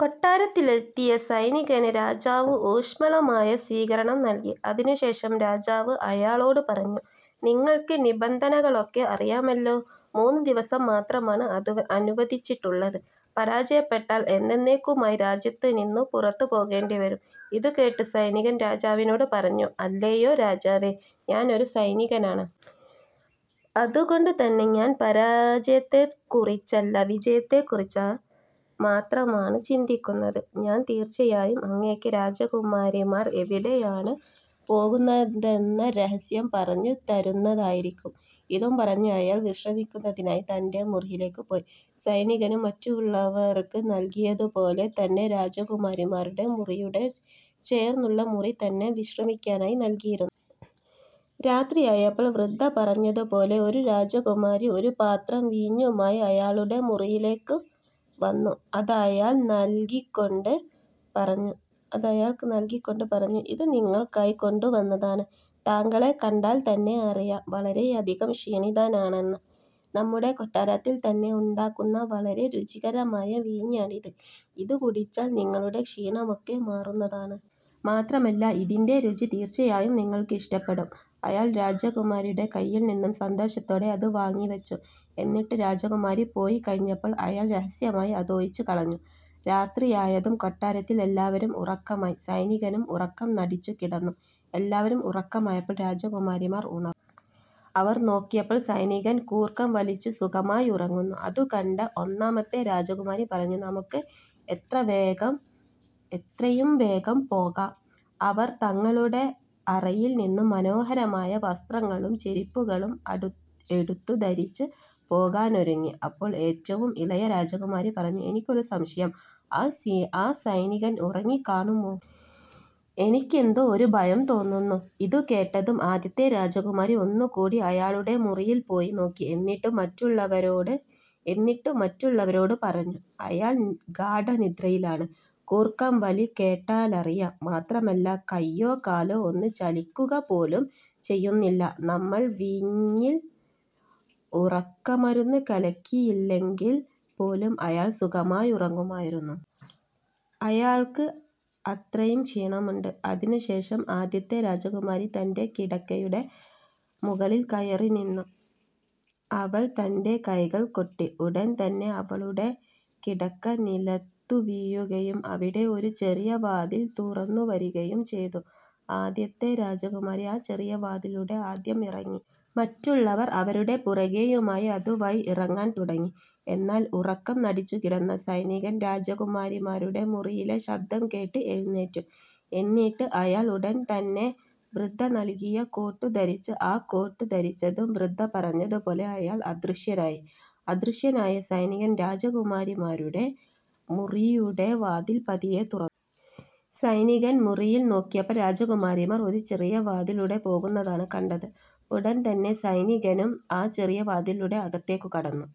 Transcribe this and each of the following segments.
കൊട്ടാരത്തിലെത്തിയ സൈനികന് രാജാവ് ഊഷ്മളമായ സ്വീകരണം നൽകി. അതിനു ശേഷം രാജാവ് അയാളോട് പറഞ്ഞു. "നിങ്ങൾക്ക് നിബന്ധനകളൊക്കെ അറിയാമല്ലോ. മൂന്ന് ദിവസം മാത്രമാണ് അനുവദിച്ചിട്ടുള്ളത്. പരാജയപ്പെട്ടാൽ എന്നെന്നേക്കുമായി രാജ്യത്തു നിന്നു പുറത്തു പോകേണ്ടിവരും. " ഇതുകേട്ട സൈനികൻ രാജാവിനോട് പറഞ്ഞു "അല്ലയോ രാജാവേ, ഞാനൊരു സൈനികനാണ്. അതുകൊണ്ടു തന്നെ ഞാൻ പരാജയത്തെക്കുറിച്ചല്ല വിജയത്തെക്കുറിച്ച് മാത്രമാണ് ചിന്തിക്കുന്നത്. ഞാൻ തീർച്ചയായും അങ്ങേയ്ക്ക് രാജകുമാരിമാർ എവിടെയാണ് പോകുന്നതെന്ന രഹസ്യം പറഞ്ഞു തരുന്നതായിരിക്കും. " ഇതും പറഞ്ഞ് അയാൾ വിശ്രമിക്കുന്നതിനായി തൻ്റെ മുറിയിലേക്ക് പോയി. സൈനികനും മറ്റുള്ളവർക്ക് നൽകിയതു പോലെ തന്നെ രാജകുമാരിമാരുടെ മുറിയോട് ചേർന്നുള്ള മുറി തന്നെ വിശ്രമിക്കാനായി നൽകിയിരുന്നു. രാത്രിയായപ്പോൾ വൃദ്ധ പറഞ്ഞതുപോലെ ഒരു രാജകുമാരി ഒരു പാത്രം വീഞ്ഞുമായി അയാളുടെ മുറിയിലേക്ക് വന്നു. അതയാൾക്ക് നൽകിക്കൊണ്ട് പറഞ്ഞു. "ഇത് നിങ്ങൾക്കായി കൊണ്ടുവന്നതാണ്. താങ്കളെ കണ്ടാൽ തന്നെ അറിയാം വളരെയധികം ക്ഷീണിതനാണെന്ന്. നമ്മുടെ കൊട്ടാരത്തിൽ തന്നെ ഉണ്ടാക്കുന്ന വളരെ രുചികരമായ വീഞ്ഞാണിത്. ഇതു കുടിച്ചാൽ നിങ്ങളുടെ ക്ഷീണമൊക്കെ മാറുന്നതാണ്. മാത്രമല്ല ഇതിൻ്റെ രുചി തീർച്ചയായും നിങ്ങൾക്ക് ഇഷ്ടപ്പെടും. " അയാൾ രാജകുമാരിയുടെ കയ്യിൽനിന്നും സന്തോഷത്തോടെ അത് വാങ്ങി വച്ചു. എന്നിട്ട് രാജകുമാരി പോയി കഴിഞ്ഞപ്പോൾ അയാൾ രഹസ്യമായി അതൊഴിച്ചു കളഞ്ഞു. രാത്രിയായതും കൊട്ടാരത്തിൽ എല്ലാവരും ഉറക്കമായി. സൈനികനും ഉറക്കം നടിച്ചു കിടന്നു. എല്ലാവരും ഉറക്കമായപ്പോൾ രാജകുമാരിമാർ ഉണർന്നു. അവർ നോക്കിയപ്പോൾ സൈനികൻ കൂർക്കം വലിച്ചു സുഖമായി ഉറങ്ങുന്നു. ഇതുകണ്ട ഒന്നാമത്തെ രാജകുമാരി പറഞ്ഞു നമുക്ക് എത്രയും വേഗം പോകാം. അവർ തങ്ങളുടെ അറയിൽ നിന്നും മനോഹരമായ വസ്ത്രങ്ങളും ചെരിപ്പുകളും എടുത്തു ധരിച്ച് പോകാനൊരുങ്ങി. അപ്പോൾ ഏറ്റവും ഇളയ രാജകുമാരി പറഞ്ഞു "എനിക്കൊരു സംശയം ആ സൈനികൻ ഉറങ്ങിക്കാണുമോ? എനിക്കെന്തോ ഒരു ഭയം തോന്നുന്നു. " ഇതുകേട്ടതും ആദ്യത്തെ രാജകുമാരി ഒന്നുകൂടി അയാളുടെ മുറിയിൽ പോയി നോക്കി. എന്നിട്ടു മറ്റുള്ളവരോട് പറഞ്ഞു "അയാൾ ഗാഢനിദ്രയിലാണ്. കൂർക്കംവലി കേട്ടാലറിയാം. മാത്രമല്ല കയ്യോ കാലോ ഒന്ന് ചലിപ്പിക്കുക പോലും ചെയ്യുന്നില്ല. നമ്മൾ വീഞ്ഞിൽ ഉറക്കമരുന്നു കലക്കിയില്ലെങ്കിൽ പോലും അയാൾ സുഖമായി ഉറങ്ങുമായിരുന്നു. അയാൾക്ക് അത്രയും ക്ഷീണമുണ്ട്. " അതിനുശേഷം ആദ്യത്തെ രാജകുമാരി തൻ്റെ കിടക്കയുടെ മുകളിൽ കയറി നിന്നു. അവൾ തൻ്റെ കൈകൾ കൊട്ടി. ഉടൻതന്നെ അവളുടെ കിടക്ക നിലത്തു വീഴുകയും അവിടെ ഒരു ചെറിയ വാതിൽ തുറന്നു വരുകയും ചെയ്തു. ആദ്യത്തെ രാജകുമാരി ആ ചെറിയ വാതിലൂടെ ആദ്യം ഇറങ്ങി. മറ്റുള്ളവർ അവരുടെ പുറകെയുമായി അതു വഴി ഇറങ്ങാൻ തുടങ്ങി. എന്നാൽ ഉറക്കം നടിച്ചു കിടന്ന സൈനികൻ രാജകുമാരിമാരുടെ മുറിയിലെ ശബ്ദം കേട്ട് എഴുന്നേറ്റു. എന്നിട്ട് അയാൾ ഉടൻതന്നെ വൃദ്ധ നൽകിയ കോട്ടു ധരിച്ചു. ആ കോട്ട് ധരിച്ചതും വൃദ്ധ പറഞ്ഞതുപോലെ അയാൾ അദൃശനായി. അദൃശനായ സൈനികൻ രാജകുമാരിമാരുടെ മുറിയുടെ വാതിൽ പതിയെ തുറന്നു. സൈനികൻ മുറിയിൽ നോക്കിയപ്പോൾ രാജകുമാരിമാർ ഒരു ചെറിയ വാതിലൂടെ പോകുന്നതാണ് കണ്ടത്. ഉടൻതന്നെ സൈനികനും ആ ചെറിയ വാതിലിലൂടെ അകത്തു കടന്നു.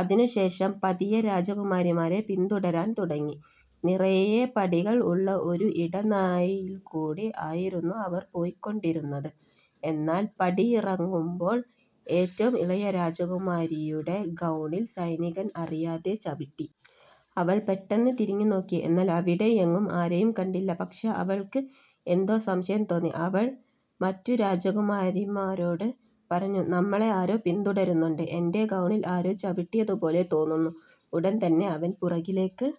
അതിനു ശേഷം പതിയെ രാജകുമാരിമാരെ പിന്തുടരാൻ തുടങ്ങി. നിറയെ പടികൾ ഉള്ള ഒരു ഇടനാഴിയിൽകൂടി ആയിരുന്നു അവർ പോയികൊണ്ടിരുന്നത്. എന്നാൽ പടിയിറങ്ങുമ്പോൾ ഏറ്റവും ഇളയ രാജകുമാരിയുടെ ഗൗണിൽ സൈനികൻ അറിയാതെ ചവിട്ടി. അവൾ പെട്ടെന്ന് തിരിഞ്ഞുനോക്കി. എന്നാൽ അവിടെയെങ്ങും ആരെയും കണ്ടില്ല. പക്ഷേ അവൾക്ക് എന്തോ സംശയം തോന്നി. അവൾ മറ്റു രാജകുമാരിമാരോട് പറഞ്ഞു "നമ്മളെ ആരോ പിന്തുടരുന്നുണ്ട്. എൻ്റെ ഗൗണിൽ ആരോ ചവിട്ടിയതു പോലെ തോന്നുന്നു. " ഉടൻ തന്നെ അവർ പുറകിലേക്ക്